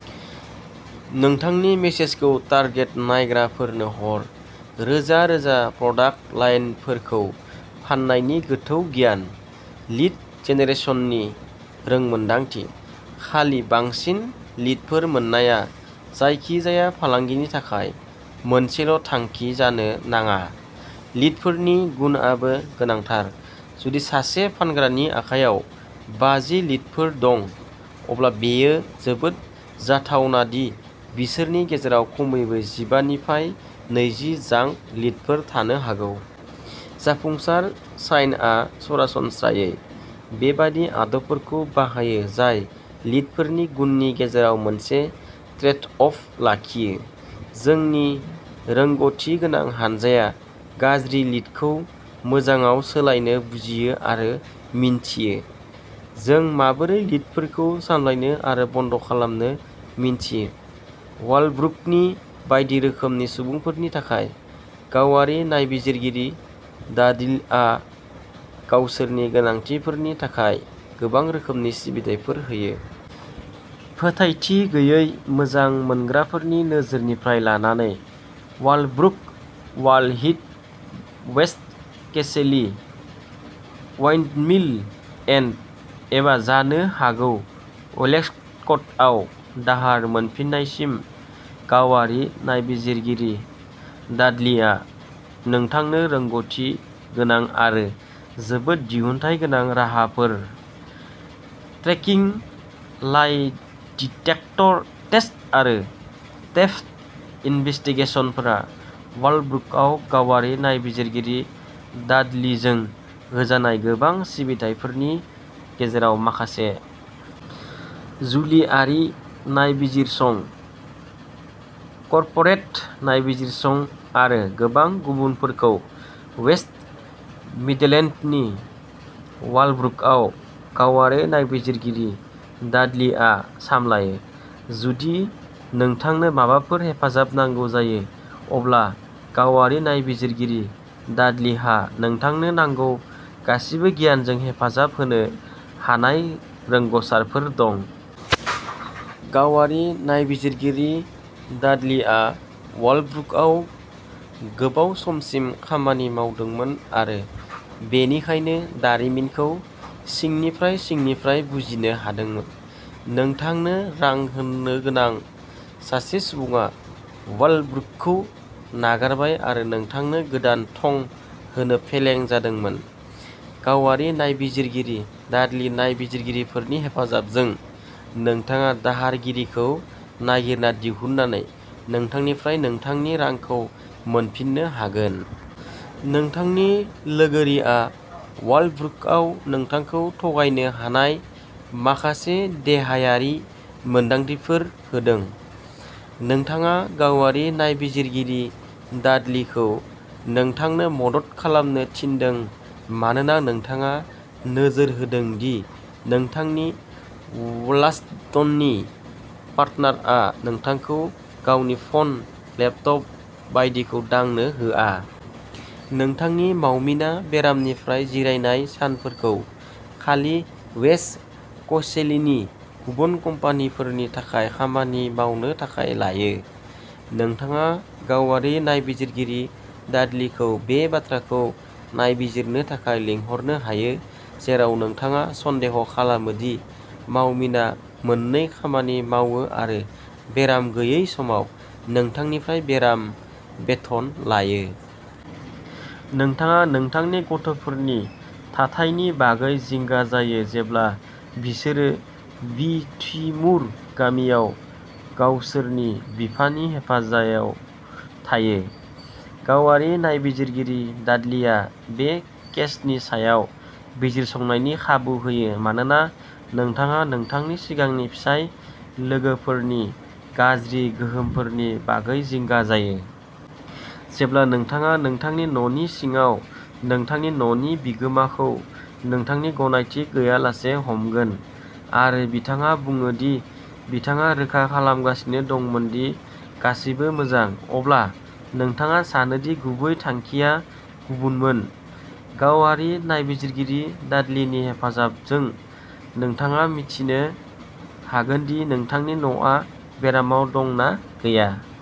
नोंथांनि मेसेजखौ टारगेट नायग्राफोरनो हर। रोजा रोजा प्रडाक्ट लाइनफोरखौ फान्नायनि गोथौ गियान। लीड जेनेरेसननि रोंमोनदांथि। खालि बांसिन लीडफोर मोननाया जायखिजाया फालांगिनि थाखाय मोनसेल'थांखि जानो नाङा। लीडफोरनि गुनआबो गोनांथार। जुदि सासे फानग्रानि आखायाव बाजि लीडफोर दं, अब्ला बेयो जोबोद जाथावना दि बिसोरनि गेजेराव खमैबो जिबा निफाय नैजि जांक लीडफोर थानो हागौ। जाफुंसार साइनआ सरासनस्रायै बेबादि आदबफोरखौ बाहायो जाय लीडफोरनि गुननि गेजेराव मोनसे ट्रेडअफ लाखियो। जोंनि रोंग'थि गोनां हानजाया गाज्रि लीडखौ मोजांआव सोलायनो बुजियो आरो मिन्थियो। जों माबोरै लीडफोरखौ सामलायनो आरो बन्द खालामनो मिन्थियो। वालब्रुकनि बायदि रोखोमनि सुबुंफोरनि थाखाय, गावारि नायबिजिरगिरि डाडलीआ गावसोरनि गोनांथिफोरनि थाखाय गोबां रोखोमनि सिबिथाइफोर होयो। फोथायथि गैयै मोजां मोनग्राफोरनि नोजोरनिफ्राय लानानै वालब्रुक, वाल हीथ, वेस्ट कसेली, उइन्डमिल एन्ड एबा जानो हागौ व'लेस्क'टआव दाहार मोनफिन्नायसिम, गावारि नायबिजिरगिरि डाडलीआ नोंथांनो रोंग'थि गोनां आरो जोबोद दिहुनथायगोनां राहाफोर। ट्रेकिं, लाइ डिटेक्टर टेस्ट आरो थेफ्ट इनभेस्टिगेसनफोरा वालब्रुकआव गावारि नायबिजिरगिरि डाडलीजों होजानाय गोबां सिबिथाइफोरनि गेजेराव माखासे। जुलिआरि नायबिजिरसं, कर्परेट नायबिजिरसं आरो गोबां गुबुनफोरखौ वेस्ट मिडलेन्डनि वालब्रुकआव गावारि नायबिजिरगिरि डाडलीआ सामलायो। जुदि नोंथांनो माबाफोर हेफाजाब नांगौ जायो, अब्ला गावारि नायबिजिरगिरि डाडलीहा नोंथांनो नांगौ गासिबो गियानजों हेफाजाब होनो हानाय रोंग'सारफोर दं। गावारि नायबिजिरगिरि डाडलीआ वालब्रुकआव गोबाव समसिम खामानि मावदोंमोन आरो बेनिखायनो दारिमिनखौ सिंनिफ्राय सिंनिफ्राय बुजिनो हादोंमोन। नोंथांनो रां होनोगोनां सासे सुबुङा वालब्रुकखौ नागारबाय आरो नोंथांनो गोदान थं होनो फेलें जादोंमोन। गावारि नायबिजिरगिरि डाडली नायबिजिरगिरिफोरनि हेफाजाबजों, नोंथाङा दाहारगिरिखौ नागिरना दिहुननानै नोंथांनिफ्राय नोंथांनि रांखौ मोनफिननो हागोन। नोंथांनि लोगोरिआ वालब्रुकआव नोंथांखौ थगायनो हानाय माखासे देहायारि मोनदांथिफोर होदों। नोंथाङा गावारि नायबिजिरगिरि डाडलीखौ नोंथांनो मदद खालामनो थिनदों मानोना नोंथाङा नोजोर होदों दि नोंथांनि व'लास्टननि पार्टनारआ नोंथांखौ गावनि फ'न, लेपटप बायदिखौ दांनो होआ। नोंथांनि मावमिना बेरामनिफ्राय जिरायनाय सानफोरखौ खालि वेस्ट क'सेलीनि गुबुन कम्पानिफोरनि थाखाय खामानि मावनो थाखाय लायो। नोंथाङा गावारि नायबिजिरगिरि डाडलीखौ बे बाथ्राखौ नायबिजिरनो थाखाय लिंहरनो हायो जेराव नोंथाङा सन्देह खालामो दि मावमिना मोन्नै खामानि मावो आरो बेराम गैयै समाव नोंथांनिफ्राय बेराम बेथन लायो। नोंथाङा नोंथांनि गथ'फोरनि थाथायनि बागै जिंगा जायो जेब्ला बिसोरो विथिमुर गामियाव गावसोरनि बिफानि हेफाजायाव थायो। गावारि नायबिजिरगिरि डाडलीआ बे केसनि सायाव बिजिरसंनायनि खाबु होयो मानोना नोंथाङा नोंथांनि सिगांनि फिसाय लोगोफोरनि गाज्रि गोहोमफोरनि बागै जिंगा जायो। जेब्ला नोंथाङा नोंथांनि न'नि सिङाव नोंथांनि न'नि बिगोमाखौ नोंथांनि गनायथि गैयालासे हमगोन, आरो बिथाङा बुङो दि बिथाङा रोखा खालामगासिनो दंमोन दि गासैबो मोजां, अब्ला नोंथाङा सानो दि गुबै थांखिया गुबुनमोन। गावारि नायबिजिरगिरि डाडलीनि हेफाजाबजों, नोंथाङा मिथिनो हागोन दि नोंथांनि न'आ बेरामाव दं ना गैया।